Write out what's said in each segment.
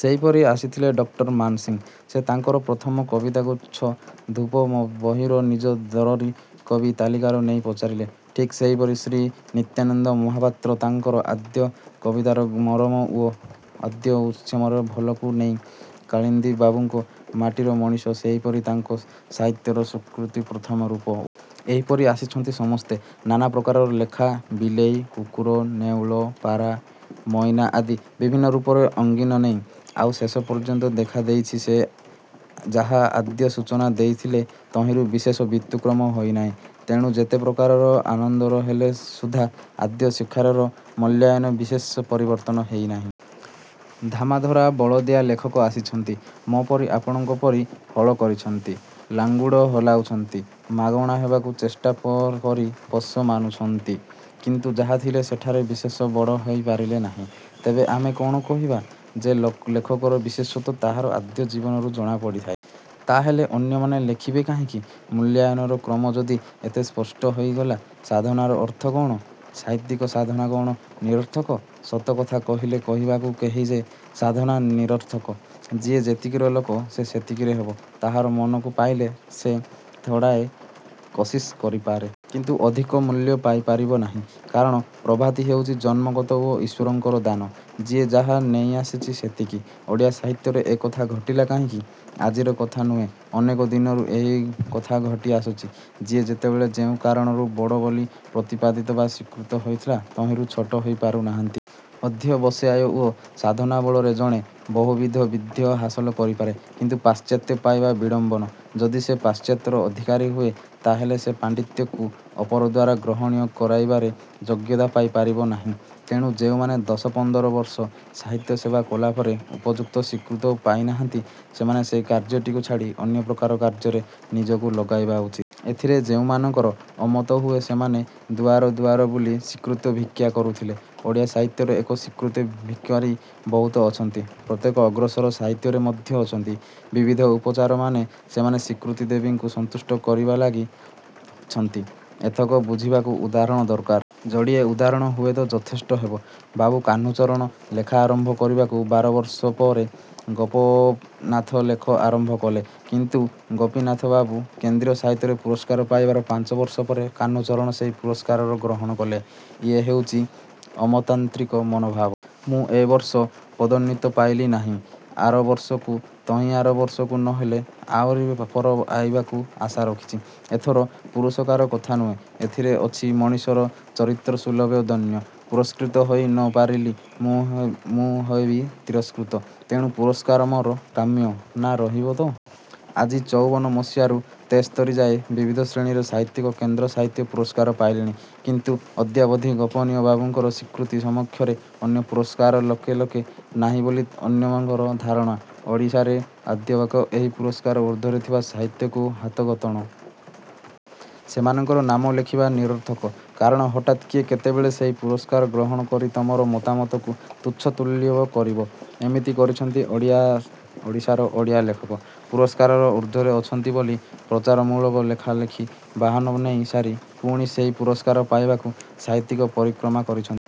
ସେହିପରି ଆସିଥିଲେ ଡକ୍ଟର ମାନସିଂହ। ସେ ତାଙ୍କର ପ୍ରଥମ କବିତାଗୁଚ୍ଛ ଧୂପ ବହିରେ ନିଜକୁ ଦରଦୀ କବି ତାଲିକାକୁ ନେଇ ପାରିଥିଲେ। ଠିକ୍ ସେହିପରି ଶ୍ରୀ ନିତ୍ୟାନନ୍ଦ ମହାପାତ୍ର ତାଙ୍କର ଆଦ୍ୟ କବିତାଗୁଚ୍ଛ 'ମରମ' ଓ ଆଦ୍ୟ ଉପନ୍ୟାସ ଭୁଲ୍ କୁ ନେଇ। କାଳିନ୍ଦୀ ବାବୁଙ୍କର ମାଟିର ମଣିଷ ସେହିପରି ତାଙ୍କର ସାହିତ୍ୟିକ ସ୍ୱୀକୃତିର ପ୍ରଥମ ରୂପ-। ଏହିପରି ଆସିଛନ୍ତି ସମସ୍ତେ ନାନାପ୍ରକାରର ଲେଖା–ବିଲେଇ, କୁକୁର, ନେଉଳ, ପାରା, ମଇନା ଆଦି ବିଭିନ୍ନ ରୂପର ଆଙ୍ଗିକ ନେଇ। ଆଉ ଶେଷ ପର୍ଯ୍ୟନ୍ତ ଦେଖା ଦେଇଛି ଯେ ସିଏ ଯାହା ଆଦ୍ୟ ସୂଚନା ଦେଖାଇଥିଲେ ତହିଁରୁ ବିଶେଷ ବ୍ୟତିକ୍ରମ ହୋଇନାହିଁ। ତେଣୁ ଯେତେ ପ୍ରକାରର ଆନ୍ଦୋଳନ ହେଲେ ସୁଦ୍ଧା ଆଦ୍ୟ ସ୍ୱାକ୍ଷରର ମୂଲ୍ୟାୟନ ବିଶେଷ ପରିବର୍ତ୍ତିତ ହୋଇନାହିଁ। ଧାମାଧରା ବଳଦିଆ ଲେଖକ ଆସିଛନ୍ତି। ମୋ'ପରି ଆପଣଙ୍କ ପରି ହଳ କରିଛନ୍ତି। ଲାଙ୍ଗୁଡ଼ ହଲାଇଛନ୍ତି। ମାରଣା ହେବାକୁ ଚେଷ୍ଟା କରି ପୋଷା ମାନିଛନ୍ତି। କିନ୍ତୁ ଯାହା ଥିଲେ ସେଥିରୁ ବିଶେଷ ବଡ଼ ହେଇ ପାରିଲେ ନାହିଁ। ତେବେ ଆମେ କ'ଣ କହିବା ଯେ ଲେଖକର ବିଶେଷତ୍ୱ ତାହାର ଆଦ୍ୟ ଜୀବନରୁ ଜଣାପଡ଼ିଥାଏ? ତାହାହେଲେ ଅନ୍ୟମାନ ଲେଖିବେ କାହିଁକି? ମୂଲ୍ୟୟନର କ୍ରମ ଯଦି ଏତେ ସ୍ପଷ୍ଟ ତାହାହେଲେ ସାଧନାର ଅର୍ଥ କ'ଣ? ସାହିତ୍ୟିକ ସାଧନା କ'ଣ ନିରର୍ଥକ। ସତକଥା କହିଲେ କହିବାକୁ ହେବ ଯେ ସାଧନା ନିରର୍ଥକ। ଯିଏ ଯେତିକିର ଲୋକ ସେ ସେତିକିର ହେବ। ତାହାର ମନକୁ ପାଇଲେ ସେ ଥୋଡ଼ାଏ କୋସିସ୍ କରିପାରେ। କିନ୍ତୁ ଅଧିକ ମୂଲ୍ୟ ପାଇପାରିବ ନାହିଁ। କାରଣ ପ୍ରତିଭା ହେଉଛି ଜନ୍ମଗତ ଓ ଈଶ୍ୱରଙ୍କର ଦାନ। ଯିଏ ଯାହା ନେଇ ଆସିଛି–ସେତିକି। ଓଡ଼ିଆ ସାହିତ୍ୟରେ ଏଇକଥା ଘଟିଲା କାହିଁକି? ଆଜିର କଥା ନୁହେଁ–ଅନେକ ଦିନରୁ ଏହିକଥା ଘଟି ଆସୁଛି। ଯିଏ ଯେତେବେଳେ ଯେଉଁ କାରଣରୁ ବଡ଼ ବୋଲି ପ୍ରତିପାଦିତ ବା ସ୍ୱୀକୃତ ହୋଇଥିଲେ ତହିଁରୁ ଛୋଟ ହେଇ ପାରିନାହାନ୍ତି। ଅଧ୍ୟବସାୟ ଓ ସାଧନା ବଳରେ ଜଣେ ବହୁବିଧ ବିଦ୍ୟା ହାସଲ କରିପାରେ। କିନ୍ତୁ ପାଣ୍ତିତ୍ୟ ପାଇବା ବିଡ଼ମ୍ବନା। ଯଦି ସେ ପାଣ୍ତିତ୍ୟର ଅଧିକାରୀ ହୁଏ ତାହାହେଲେ ସେହି ପାଣ୍ତିତ୍ୟକୁ ଅପର ଦ୍ୱାରା ଗ୍ରହଣୀୟ କରାଇବାରେ ଯୋଗ୍ୟତା ପାଇ ପାରିବ ନାହିଁ। ତେଣୁ ଯେଉଁମାନେ ଦଶ ପନ୍ଦରବର୍ଷ ସାହିତ୍ୟ ସେବା କଲାପରେ ଉପଯୁକ୍ତ ସ୍ୱୀକୃତି ପାଇନାହାନ୍ତି ସେମାନେ ସେହି କାର୍ଯ୍ୟଟିକୁ ଛାଡ଼ି ଅନ୍ୟ ପ୍ରକାରର କାର୍ଯ୍ୟରେ ନିଜକୁ ଲଗାଇବା ଉଚିତ୍। ଏଥିରେ ଯେଉଁମାନଙ୍କର ଅମତ ହୁଏ ସେମାନେ ଦୁଆର ଦୁଆର ବୁଲି ସ୍ୱୀକୃତି ଭିକ୍ଷା କରୁଥାନ୍ତି। ଓଡ଼ିଆ ସାହିତ୍ୟରେ ଏଇ ସ୍ୱୀକୃତି ଭିକାରୀ ବହୁତ ଅଛନ୍ତି। ପ୍ରତ୍ୟେକ ଅଗ୍ରସର ସାହିତ୍ୟରେ ମଧ୍ୟ ଅଛନ୍ତି। ବିବିଧ ଉପଚାରରେ ସେମାନେ ସ୍ୱୀକୃତିଦେବୀଙ୍କୁ ସନ୍ତୁଷ୍ଟ କରିବାରେ ଲାଗିଥାନ୍ତି। ଏତକ ବୁଝିବାକୁ ଉଦାହରଣ ଦରକାର। ଯୋଡ଼ିଏ ଉଦାହରଣ ହୁଏ ତ ଯଥେଷ୍ଟ ହେବ-। ବାବୁ କାହ୍ନୁଚରଣ ଲେଖା ଆରମ୍ଭ କରିବାର ବାରବର୍ଷ ପରେ ବାବୁ ଗୋପୀନାଥ ଲେଖା ଆରମ୍ଭ କଲେ। କିନ୍ତୁ ଗୋପୀନାଥବାବୁ କେନ୍ଦ୍ର ସାହିତ୍ୟ ପୁରସ୍କାର ପାଇବାର ପାଞ୍ଚବର୍ଷ ପରେ କାହ୍ନୁଚରଣ ସେହି ପୁରସ୍କାର ଗ୍ରହଣ କଲେ। ଇଏ ହେଉଛି ଅମଲାତାନ୍ତ୍ରିକ ମନୋଭାବ। ମୁଁ ଏବର୍ଷ ପଦୋନ୍ନତି ପାଇଲି ନାହିଁ–ଆର ବର୍ଷକୁ–ତହିଁଆର ବର୍ଷକୁ–ନ ହେଲେ ଆଉରି ପରେ ପାଇବାକୁ ଆଶା ରଖିବି। ଏଥିରେ ପୁରୁଷକାରର କଥା ନାହିଁ। ଏଥିରେ ଅଛି ମଣିଷର ଚରିତ୍ରସୁଲଭ ଦୈନ୍ୟ। ପୁରସ୍କୃତ ହୋଇ ନ ପାରିଲେ ମୁଁ ହେବି ତିରସ୍କୃତ। ତେଣୁ ପୁରସ୍କାର ମୋର କାମ୍ୟ–ନାମ ରହିବ ତ। ଆଜି ଚଉବନ ମସିହାରୁ ତେସ୍ତରୀ ଯାଏ ବିବିଧ ଶ୍ରେଣୀର ସାହିତ୍ୟିକ କେନ୍ଦ୍ର ସାହିତ୍ୟ ପୁରସ୍କାର ପାଇଲେଣି। କିନ୍ତୁ ଅଦ୍ୟାବଧି ଗୋପୀନାଥ ବାବୁଙ୍କର ସ୍ୱୀକୃତିର ସମକକ୍ଷ ଅନ୍ୟ ପୁରସ୍କୃତ ଲୋକେ ହେଲେ ନାହିଁ ବୋଲି ଅନେକଙ୍କର ଧାରଣା। ଓଡ଼ିଶାରେ ଅଦ୍ୟାବଧି ଏହି ପୁରସ୍କାରର ଊର୍ଦ୍ଧ୍ୱରେ ଥିବା ସାହିତ୍ୟିକ ହାତଗଣତା। ସେମାନଙ୍କର ନାମ ଲେଖିବା ନିରର୍ଥକ। କାରଣ ହଠାତ୍ କିଏ କେତେବେଳେ ସେହି ପୁରସ୍କାରକୁ ଗ୍ରହଣ କରି ତମର ମତାମତକୁ ତୁଚ୍ଛ ତାଚ୍ଛଲ୍ୟ କରିବ। ଏମିତି କରିଛନ୍ତି ଓଡ଼ିଶାର ଓଡ଼ିଆ ଲେଖକ। ପୁରସ୍କାରର ଊର୍ଦ୍ଧ୍ୱରେ ଅଛନ୍ତି ବୋଲି ପ୍ରଚାରମୂଳକ ଲେଖା ଲେଖି ବାହାବା ନେଇ ସାରି ପୁଣି ସେହି ପୁରସ୍କାର ପାଇବାକୁ ସାହିତ୍ୟିକ ପରିକ୍ରମା କରିଛନ୍ତି।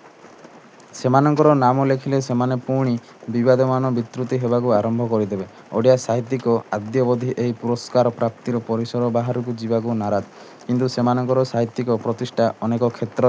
ସେମାନଙ୍କର ନାମ ଲେଖିଲେ ସେମାନେ ପୁଣି ବିବଦମାନ ବିବୃତି ଦେବାକୁ ଆରମ୍ଭ କରିଦେବେ। ଓଡ଼ିଆ ସାହିତ୍ୟିକ ଅଦ୍ୟାବଧି ଏହି ପୁରସ୍କାର ପ୍ରାପ୍ତିର ପରିସର ବାହାରକୁ ଯିବାକୁ ନାରାଜ। କିନ୍ତୁ ସେମାନଙ୍କର ସାହିତ୍ୟିକ ପ୍ରତିଷ୍ଠା ଅନେକ କ୍ଷେତ୍ରରେ।